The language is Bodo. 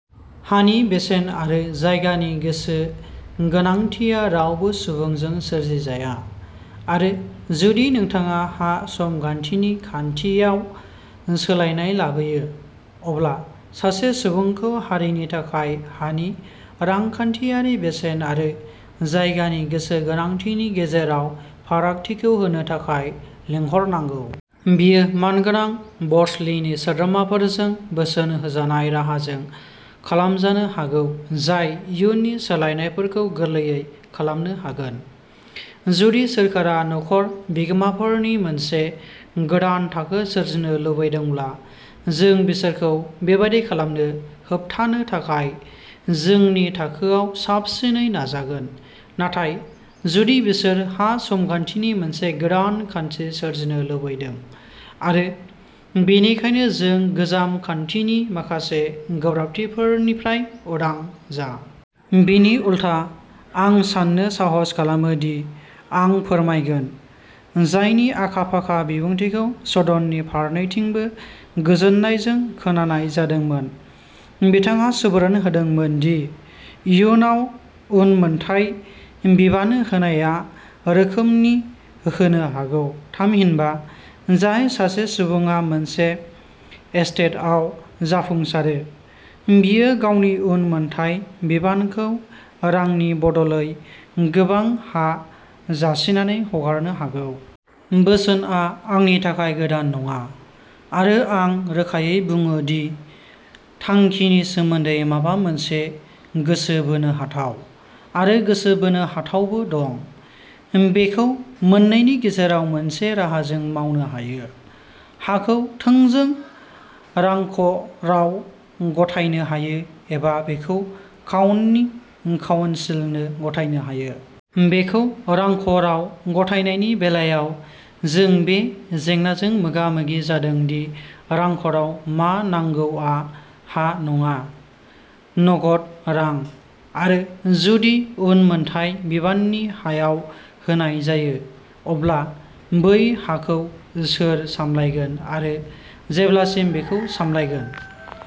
हानि बेसेन आरो जायगानि गोसो गोनांथिया रावबो सुबुंजों सोरजिजाया, आरो जुदि नोंथाङा हा-समगान्थिनि खान्थियाव सोलायनाय लाबोयो, अब्ला सासे सुबुंखौ हारिनि थाखाय हानि रांखान्थियारि बेसेन आरो जायगानि गोसो गोनांथिनि गेजेराव फारागथिखौ होनो थाखाय लिंहरनांगौ। बेयो मानगोनां बर्डस्लिनि सोद्रोमाजों बोसोन होजानाय राहाजों खालामजानो हागौ जाय इयुननि सोलायनायफोरखौ गोरलैयै खालामनो हागोन। जुदि सोरखारा न'खर बिगोमाफोरनि मोनसे गोदान थाखो सोरजिनो लुबैदोंब्ला जों बिसोरखौ बेबादि खालामनो होबथानो थाखाय जोंनि थाखोआव साबसिनै नाजागोन; नाथाय जुदि बिसोरो हा-समगान्थिनि मोनसे गोदान खान्थि सोरजिनो लुबैदों आरो बेनिखायनो जों गोजाम खान्थिनि माखासे गोब्राबथिफोरनिफ्राय उदां जा। बिनि उलथा, आं साननो साहस खालामो दि आं फोरमायगोन। जायनि आखा-फाखा बिबुंथिखौ सदननि फारनैथिंबो गोजोननायजों खोनानाय जादोंमोन, बिथाङा सुबुरुन होदोंमोन दि इयुनाव उनमोनथाय बिबान होनाया रोखोमनि होनो हागौ; थामहिनबा, जाय सासे सुबुङा मोनसे एस्टेटआव जाफुंसारो, बियो गावनि उनमोनथाय बिबानखौ रांनि बदलै गोबां हा जासिनानै हगारनो हागौ। बोसोनआ आंनि थाखाय गोदान नङा, आरो आं रोखायै बुङो दि थांखिनि सोमोन्दै माबा मोनसे गोसो बोनो हाथाव, आरो गोसो बोनो हाथावबो दं। बेखौ मोननैनि गेजेराव मोनसे राहाजों मावनो हायो। हाखौ थोंजों रांख'राव गथायनो हायो, एबा बेखौ काउन्टि काउन्सिलनो गथायनो हायो। बेखौ रांख'राव गथायनायनि बेलायाव, जों बे जेंनाजों मोगा-मोगि जादों दि रांख'राव मा नांगौआ हा नङा, नगद रां, आरो जुदि उनमोनथाय बिबानखौ हायाव होनाय जायो, अब्ला बै हाखौ सोर सामलायगोन आरो जेब्लासिम बेखौ सामलायगोन।